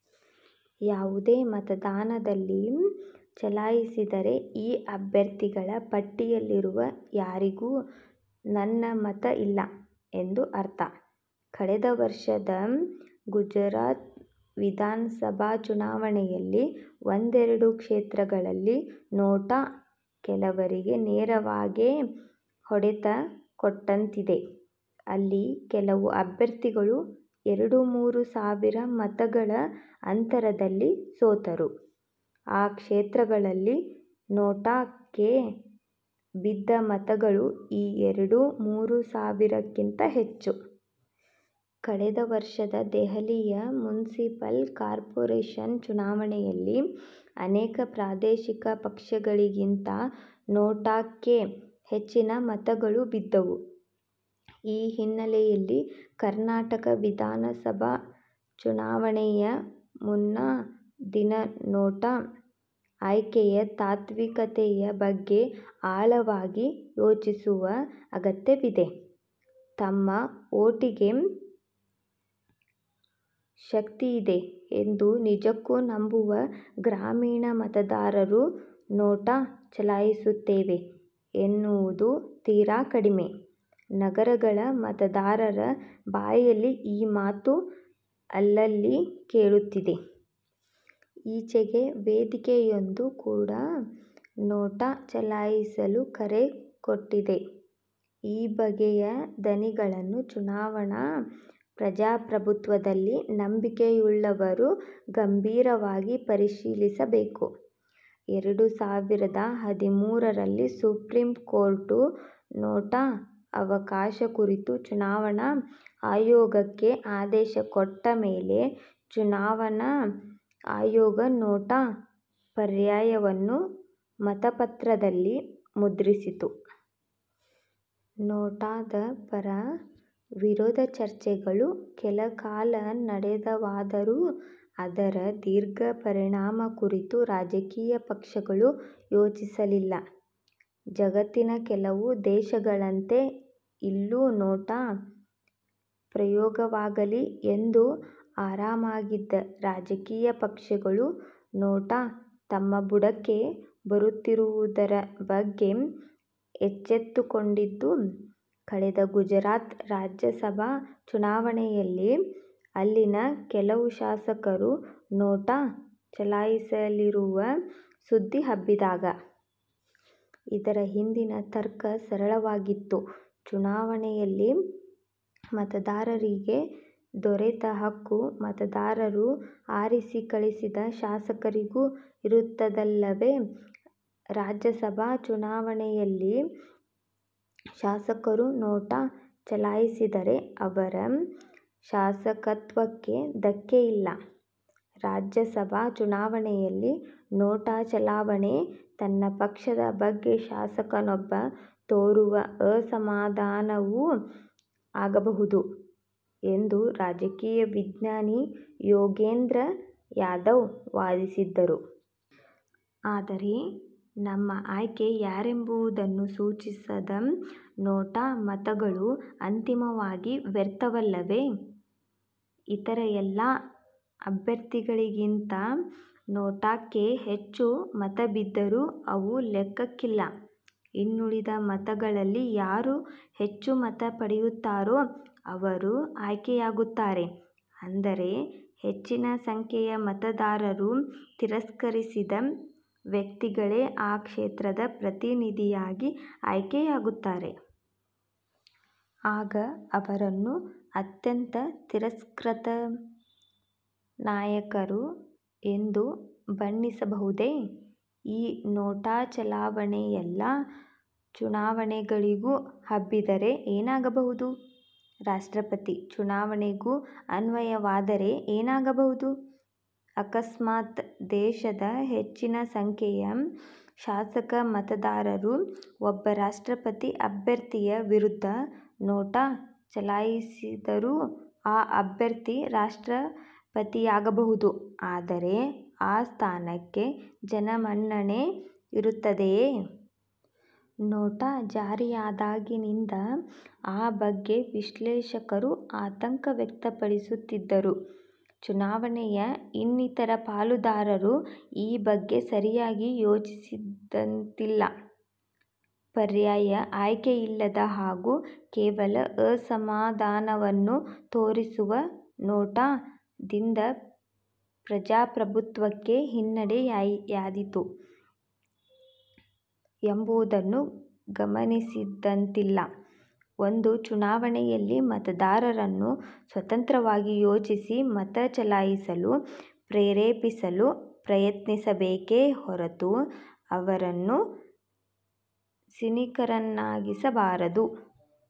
ಯಾವುದೇ ಮತದಾನದಲ್ಲಿ ಚಲಾಯಿಸಿದರೆ, 'ಈ ಅಭ್ಯರ್ಥಿಗಳ ಪಟ್ಟಿಯಲ್ಲಿರುವ ಯಾರಿಗೂ ನನ್ನ ಮತ ಇಲ್ಲ' ಎಂದು ಅರ್ಥ. ಕಳೆದ ವರ್ಷದ ಗುಜರಾತ್ ವಿಧಾನಸಭಾ ಚುನಾವಣೆಯಲ್ಲಿ ಒಂದೆರಡು ಕ್ಷೇತ್ರಗಳಲ್ಲಿ 'ನೋಟಾ' ಕೆಲವರಿಗೆ ನೇರವಾಗೇ ಹೊಡೆತ ಕೊಟ್ಟಂತಿದೆ. ಅಲ್ಲಿ ಕೆಲವು ಅಭ್ಯರ್ಥಿಗಳು ಎರಡು– ಮೂರು ಸಾವಿರ ಮತಗಳ ಅಂತರದಲ್ಲಿ ಸೋತರು; ಆ ಕ್ಷೇತ್ರಗಳಲ್ಲಿ 'ನೋಟಾ'ಕ್ಕೆ ಬಿದ್ದ ಮತಗಳು ಈ ಎರಡು– ಮೂರು ಸಾವಿರಕ್ಕಿಂತ ಹೆಚ್ಚು! ಕಳೆದ ವರ್ಷದ ದೆಹಲಿಯ ಮುನಿಸಿಪಲ್ ಕಾರ್ಪೊರೇಷನ್ ಚುನಾವಣೆಯಲ್ಲಿ ಅನೇಕ ಪ್ರಾದೇಶಿಕ ಪಕ್ಷಗಳಿಗಿಂತ 'ನೋಟಾ'ಕ್ಕೆ ಹೆಚ್ಚಿನ ಮತಗಳು ಬಿದ್ದವು. ಈ ಹಿನ್ನೆಲೆಯಲ್ಲಿ ಕರ್ನಾಟಕ ವಿಧಾನಸಭಾ ಚುನಾವಣೆಯ ಮುನ್ನಾ ದಿನ 'ನೋಟಾ' ಆಯ್ಕೆಯ ತಾತ್ವಿಕತೆಯ ಬಗ್ಗೆ ಆಳವಾಗಿ ಯೋಚಿಸುವ ಅಗತ್ಯವಿದೆ. ತಮ್ಮ ವೋಟಿಗೆ ಶಕ್ತಿಯಿದೆ ಎಂದು ನಿಜಕ್ಕೂ ನಂಬುವ ಗ್ರಾಮೀಣ ಮತದಾರರು 'ನೋಟಾ' ಚಲಾಯಿಸುತ್ತೇವೆ ಎನ್ನವುದು ತೀರಾ ಕಡಿಮೆ; ನಗರಗಳ ಮತದಾರರ ಬಾಯಲ್ಲಿ ಈ ಮಾತು ಅಲ್ಲಲ್ಲಿ ಕೇಳುತ್ತಿದೆ. ಈಚೆಗೆ ವೇದಿಕೆಯೊಂದು ಕೂಡ 'ನೋಟಾ' ಚಲಾಯಿಸಲು ಕರೆ ಕೊಟ್ಟಿದೆ. ಈ ಬಗೆಯ ದನಿಗಳನ್ನು ಚುನಾವಣಾ ಪ್ರಜಾಪ್ರಭುತ್ವದಲ್ಲಿ ನಂಬಿಕೆಯುಳ್ಳವರು ಗಂಭೀರವಾಗಿ ಪರಿಶೀಲಿಸಬೇಕು. ಎರಡು ಸಾವಿರದ ಹದಿಮೂರರಲ್ಲಿ ಸುಪ್ರೀಂ ಕೋರ್ಟು, 'ನೋಟಾ' ಅವಕಾಶ ಕುರಿತು ಚುನಾವಣಾ ಆಯೋಗಕ್ಕೆ ಆದೇಶ ಕೊಟ್ಟ ಮೇಲೆ ಚುನಾವಣಾ ಆಯೋಗ 'ನೋಟಾ' ಪರ್ಯಾಯವನ್ನು ಮತಪತ್ರದಲ್ಲಿ ಮುದ್ರಿಸಿತು. 'ನೋಟಾ'ದ ಪರ, ವಿರೋಧ ಚರ್ಚೆಗಳು ಕೆಲಕಾಲ ನಡೆದವಾದರೂ ಅದರ ದೀರ್ಘ ಪರಿಣಾಮ ಕುರಿತು ರಾಜಕೀಯ ಪಕ್ಷಗಳು ಯೋಚಿಸಲಿಲ್ಲ. ಜಗತ್ತಿನ ಕೆಲವು ದೇಶಗಳಂತೆ ಇಲ್ಲೂ 'ನೋಟಾ' ಪ್ರಯೋಗವಾಗಲಿ ಎಂದು ಆರಾಮಾಗಿದ್ದ ರಾಜಕೀಯ ಪಕ್ಷಗಳು 'ನೋಟಾ' ತಮ್ಮ ಬುಡಕ್ಕೇ ಬರುತ್ತಿರುವುದರ ಬಗ್ಗೆ ಎಚ್ಚೆತ್ತುಕೊಂಡಿದ್ದು ಕಳೆದ ಗುಜರಾತ್ ರಾಜ್ಯಸಭಾ ಚುನಾವಣೆಯಲ್ಲಿ; ಅಲ್ಲಿನ ಕೆಲವು ಶಾಸಕರು 'ನೋಟಾ' ಚಲಾಯಿಸಲಿರುವ ಸುದ್ದಿ ಹಬ್ಬಿದಾಗ. ಇದರ ಹಿಂದಿನ ತರ್ಕ ಸರಳವಾಗಿತ್ತು: ಚುನಾವಣೆಯಲ್ಲಿ ಮತದಾರರಿಗೆ ದೊರೆತ ಹಕ್ಕು, ಮತದಾರರು ಆರಿಸಿ ಕಳಿಸಿದ ಶಾಸಕರಿಗೂ ಇರುತ್ತದಲ್ಲವೇ? ರಾಜ್ಯಸಭಾ ಚುನಾವಣೆಯಲ್ಲಿ ಶಾಸಕರು 'ನೋಟಾ' ಚಲಾಯಿಸಿದರೆ ಅವರ ಶಾಸಕತ್ವಕ್ಕೆ ಧಕ್ಕೆಯಿಲ್ಲ. 'ರಾಜ್ಯಸಭಾ ಚುನಾವಣೆಯಲ್ಲಿ 'ನೋಟಾ' ಚಲಾವಣೆ ತನ್ನ ಪಕ್ಷದ ಬಗ್ಗೆ ಶಾಸಕನೊಬ್ಬ ತೋರುವ ಅಸಮಾಧಾನವೂ ಆಗಬಹುದು' ಎಂದು ರಾಜಕೀಯ ವಿಜ್ಞಾನಿ ಯೋಗೇಂದ್ರ ಯಾದವ್ ವಾದಿಸಿದ್ದರು. ಆದರೆ, ನಮ್ಮ ಆಯ್ಕೆ ಯಾರೆಂಬುದನ್ನು ಸೂಚಿಸದ 'ನೋಟಾ' ಮತಗಳು ಅಂತಿಮವಾಗಿ ವ್ಯರ್ಥವಲ್ಲವೇ? ಇತರ ಎಲ್ಲ ಅಭ್ಯರ್ಥಿಗಳಿಗಿಂತ 'ನೋಟಾ'ಕ್ಕೆ ಹೆಚ್ಚು ಮತ ಬಿದ್ದರೂ ಅವು ಲೆಕ್ಕಕ್ಕಿಲ್ಲ. ಇನ್ನುಳಿದ ಮತಗಳಲ್ಲಿ ಯಾರು ಹೆಚ್ಚು ಮತ ಪಡೆಯುತ್ತಾರೋ ಅವರು ಆಯ್ಕೆಯಾಗುತ್ತಾರೆ. ಅಂದರೆ ಹೆಚ್ಚಿನ ಸಂಖ್ಯೆಯ ಮತದಾರರು ತಿರಸ್ಕರಿಸಿದ ವ್ಯಕ್ತಿಗಳೇ ಆ ಕ್ಷೇತ್ರದ ಪ್ರತಿನಿಧಿಯಾಗಿ ಆಯ್ಕೆ ಯಾಗುತ್ತಾರೆ. ಆಗ ಅವರನ್ನು 'ಅತ್ಯಂತ ತಿರಸ್ಕೃತ ನಾಯಕರು' ಎಂದು ಬಣ್ಣಿಸಬಹುದೇ! ಈ ನೋಟಾ ಚಲಾವಣೆ ಎಲ್ಲ ಚುನಾವಣೆಗಳಿಗೂ ಹಬ್ಬಿದರೆ ಏನಾಗಬಹುದು? ರಾಷ್ಟ್ರಪತಿ ಚುನಾವಣೆಗೂ ಅನ್ವಯವಾದರೆ ಏನಾಗಬಹುದು? ಅಕಸ್ಮಾತ್ ದೇಶದ ಹೆಚ್ಚಿನ ಸಂಖ್ಯೆಯ ಶಾಸಕ ಮತದಾರರು ಒಬ್ಬ ರಾಷ್ಟ್ರಪತಿ ಅಭ್ಯರ್ಥಿಯ ವಿರುದ್ಧ 'ನೋಟಾ' ಚಲಾಯಿಸಿದರೂ ಆ ಅಭ್ಯರ್ಥಿ ರಾಷ್ಟ್ರಪತಿಯಾಗಬಹುದು; ಆದರೆ ಆ ಸ್ಥಾನಕ್ಕೆ ಜನಮನ್ನಣೆ ಇರುತ್ತದೆಯೇ? 'ನೋಟಾ' ಜಾರಿಯಾದಾಗಿನಿಂದ ಆ ಬಗ್ಗೆ ವಿಶ್ಲೇಷಕರು ಆತಂಕ ವ್ಯಕ್ತಪಡಿಸುತ್ತಿದ್ದರೂ ಚುನಾವಣೆಯ ಇನ್ನಿತರ ಪಾಲುದಾರರು ಈ ಬಗ್ಗೆ ಸರಿಯಾಗಿ ಯೋಚಿಸಿದಂತಿಲ್ಲ. ಪರ್ಯಾಯ ಆಯ್ಕೆಯಿಲ್ಲದ ಹಾಗೂ ಕೇವಲ ಅಸಮಾಧಾನವನ್ನು ತೋರಿಸುವ 'ನೋಟಾ'ದಿಂದಪ್ರಜಾಪ್ರಭುತ್ವಕ್ಕೆ ಹಿನ್ನಡೆಯಾದೀತು ಎಂಬುದನ್ನು ಗಮನಿಸಿದಂತಿಲ್ಲ. ಒಂದು ಚುನಾವಣೆಯಲ್ಲಿ ಮತದಾರರನ್ನು ಸ್ವತಂತ್ರವಾಗಿ ಯೋಚಿಸಿ ಮತ ಚಲಾಯಿಸಲು ಪ್ರೇರೇಪಿಸಲು ಪ್ರಯತ್ನಿಸಬೇಕೇ ಹೊರತು ಅವರನ್ನು ಸಿನಿಕರನ್ನಾಗಿಸಬಾರದು.